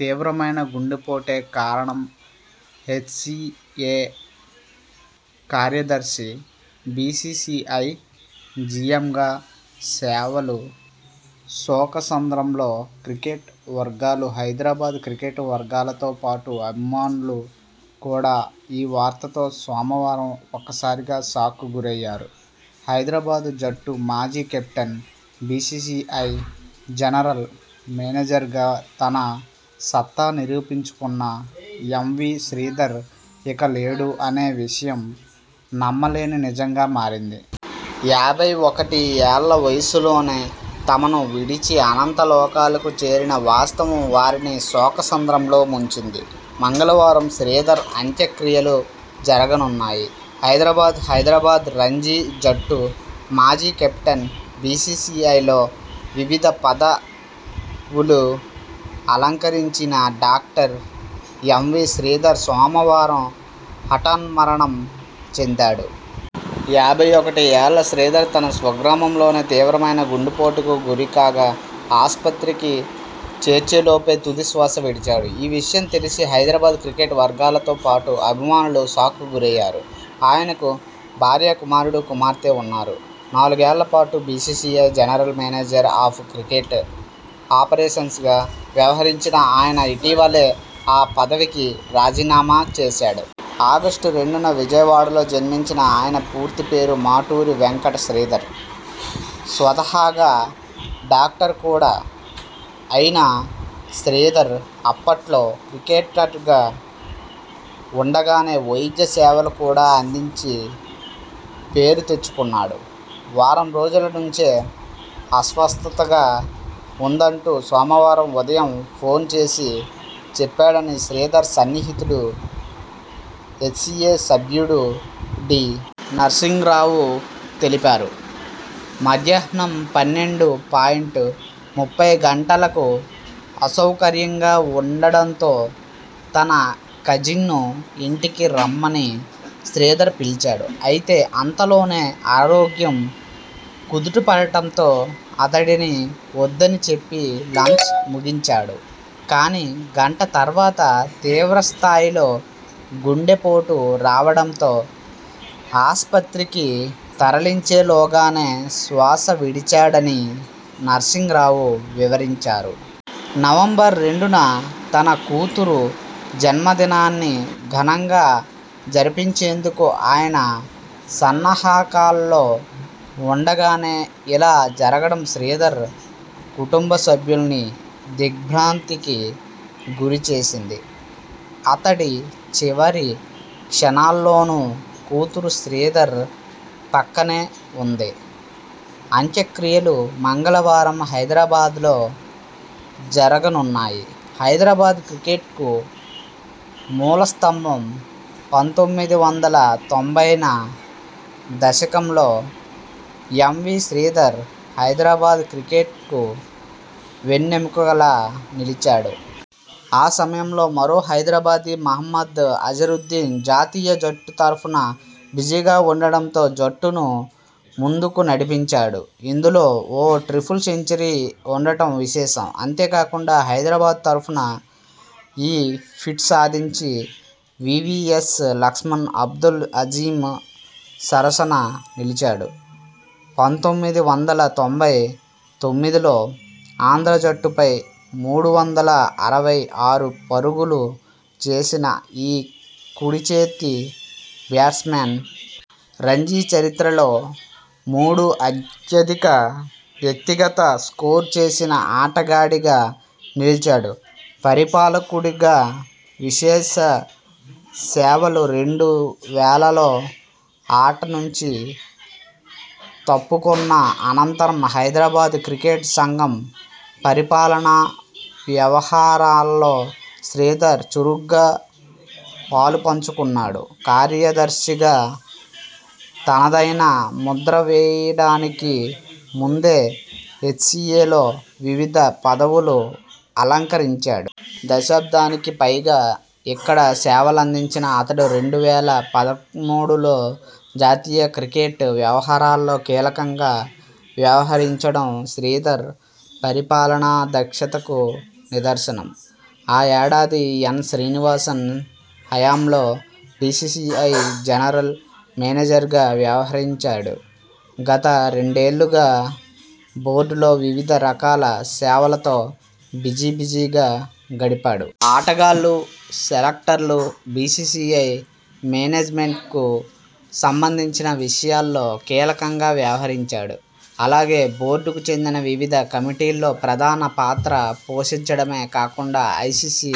తీవ్రమైన గుండెపోటే కారణంహెచ్సీఏ కార్యదర్శి, బీసీసీఐ జీఎంగా సేవలుశోకసంద్రంలో క్రికెట్ వర్గాలుహైదరాబాద్ క్రికెట్ వర్గాలతో పాటు అభిమానులు కూడా ఈ వార్తతో సోమవారం ఒక్కసారిగా షాక్కు గురయ్యారు. హైదరాబాద్ జట్టు మాజీ కెప్టెన్, బీసీసీఐ జనరల్ మేనేజర్గా తన సత్తా నిరూపించుకున్న ఎంవీ శ్రీధర్ ఇక లేడు అనే విషయం నమ్మలేని నిజంగా మారింది. యాభై ఒకటి ఏళ్ల వయస్సులోనే తమను విడిచి అనంత లోకాలకు చేరిన వాస్తవం వారిని శోకసంద్రంలో ముంచింది. మంగళవారం శ్రీధర్ అంత్యక్రియలుజరగనున్నాయి. హైదరాబాద్ హైదరాబాద్ రంజీ జట్టు మాజీ కెప్టెన్, బీసీసీఐలో వివిధ పద వులు అలంకరించిన డాక్టర్ ఎంవీ శ్రీధర్ సోమవారం హఠాన్మరణం చెందాడు. యాభై ఒకటి ఏళ్ల శ్రీధర్ తన స్వగ్రామంలోనే తీవ్రమైన గుండెపోటుకు గురికాగాఆస్పత్రికి చేర్చేలోపే తుది శ్వాస విడిచాడు. ఈ విషయం తెలిసి హైదరాబాద్ క్రికెట్ వర్గాలతో పాటు అభిమానులు షాక్కు గురయ్యారు. ఆయనకు భార్య, కుమారుడు, కుమార్తె ఉన్నారు. నాలుగేళ్ల పాటు BCCI general manager of cricket ఆపరేషన్స్గా వ్యవహరించిన ఆయన ఇటీవలే ఆ పదవికి రాజీనామా చేశాడు. ఆగస్టు రెండున విజయవాడలో జన్మించిన ఆయన పూర్తి పేరు మాటూరి వెంకట శ్రీధర్. స్వతహాగా డాక్టర్ కూడా అయిన శ్రీధర్ అప్పట్లో క్రికెట్ కట్టుగా ఉండగానే వైద్య సేవలు కూడా అందించి పేరు తెచ్చుకున్నాడు. వారం రోజుల నుంచే అస్వస్థతగా ఉందంటూ సోమవారం ఉదయం ఫోన్ చేసి చెప్పాడని శ్రీధర్ సన్నిహితుడు, హెచ్సీఏ సభ్యుడు డి. నర్సింగ్ రావు తె లిపారు. 'మధ్యాహ్నం పన్నెండు పాయింట్ ముప్పై గంటలకు అసౌకర్యంగా ఉండడంతో తన కజిన్ను ఇంటికి రమ్మని శ్రీధర్ పిలిచాడు. అయితే అంతలోనే ఆరోగ్యం కుదుటపడడంతో అతడిని వద్దని చెప్పి లంచ్ ముగించాడు. కానీ గంట తర్వాత తీవ్రస్థాయిలో గుండెపోటు రావడంతో ఆస్పత్రికి తరలించేలోగానే శ్వాస విడిచాడ'ని నర్సింగ్ రావు వివరించారు. నవంబర్ రెండున తన కూతురు జన్మదినాన్ని ఘనంగా జరిపేందుకు ఆయన సన్నాహకాల్లో ఉండగానే ఇలా జరగడం శ్రీధర్ కుటుంబసభ్యుల్ని దిగ్ర్భాంతికి గురిచేసింది. అతడి చివరి క్షణాల్లోనూ కూతురు శ్రీధర్ పక్కనే ఉంది. అంత్యక్రియలు మంగళవారం హైదరాబాద్లో జరగనున్నాయి. హైదరాబాద్ క్రికెట్కు మూలస్తంభం పంతొమ్మిది వందల తొంభైనా దశకంలో ఎంవీ శ్రీధర్ హైదరాబాద్ క్రికెట్కు వెన్నెముకలా నిలిచాడు. ఆ సమయంలో మరో హైదరాబాదీ మహ్మద్ అజరుద్దీన్ జాతీయ జట్టు తరఫున బిజీగా ఉండడంతో జట్టును ముందుకు నడిపించాడు. ఇందులో ఓ ట్రిపుల్ సెంచరీ ఉండడం విశేషం. అంతేకాకుండా హైదరాబాద్ తరఫున ఈ ఫీట్ సాధించి.. వీవీఎస్ లక్ష్మణ్, అబ్దుల్ అజీమ్ సరసన నిలిచాడు. పంతొమ్మిది వందల తొంభై తొమ్మిదిలో ఆంధ్ర జట్టుపై మూడు వందల అరవై ఆరు పరుగులు చేసిన ఈ కుడిచేతి బ్యాట్స్మన్.. రంజీ చరిత్రలో మూడో అత్యధిక వ్యక్తిగత స్కోరు చేసిన ఆటగాడిగా నిలిచాడు. పరిపాలకుడిగా విశేష సేవలు రెండు వేలలో ఆట నుంచి తప్పుకొన్న అనంతరం హైదరాబాద్ క్రికెట్ సంఘం పరిపాలనా వ్యవహారాల్లో శ్రీధర్ చురుగ్గా పాలుపంచుకున్నాడు. కార్యద ర్శిగా తనదైన ముద్ర వేయడానికి ముందే హెచ్సీఏలో వివిధ పదవులు అలంకరించాడు. దశాబ్దానికిపైగా ఇక్కడ సేవలందించిన అతడు రెండు వేల పదమూడులో జాతీయ క్రికెట్ వ్యవహారాల్లో కీలకంగా వ్యవహరించడం శ్రీధర్ పరిపాలనా దక్షతకు నిదర్శనం. ఆ ఏడాది ఎన్. శ్రీనివాసన్ హయాంలో బీసీసీఐ జనరల్ మేనేజర్గా వ్యవహరించాడు. గత రెండేళ్లుగా బోర్డులో వివిధ రకాల సేవలతో బిజీబిజీగా గడిపాడు. ఆటగాళ్లు, సెలెక్టర్లు, బీసీసీఐ మేనేజ్మెంట్కు సంబంధించిన విషయాల్లో కీలకంగా వ్యవహరించాడు. అలాగే బోర్డుకు చెందిన వివిధ కమిటీల్లో ప్రధాన పాత్ర పోషించడమే కాకుండా ఐసీసీ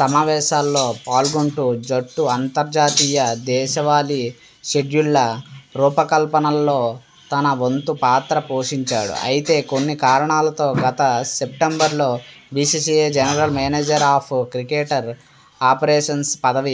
సమావేశాల్లో పాల్గొంటూ జట్టు అంతర్జాతీయ, దేశవాళీ షెడ్యూళ్ల రూపకల్పనలో తన వంతు పాత్ర పోషించాడు. అయితే కొన్ని కారణాలతో గత సెప్టెంబర్లో BCCI general manager of cricket operations పదవి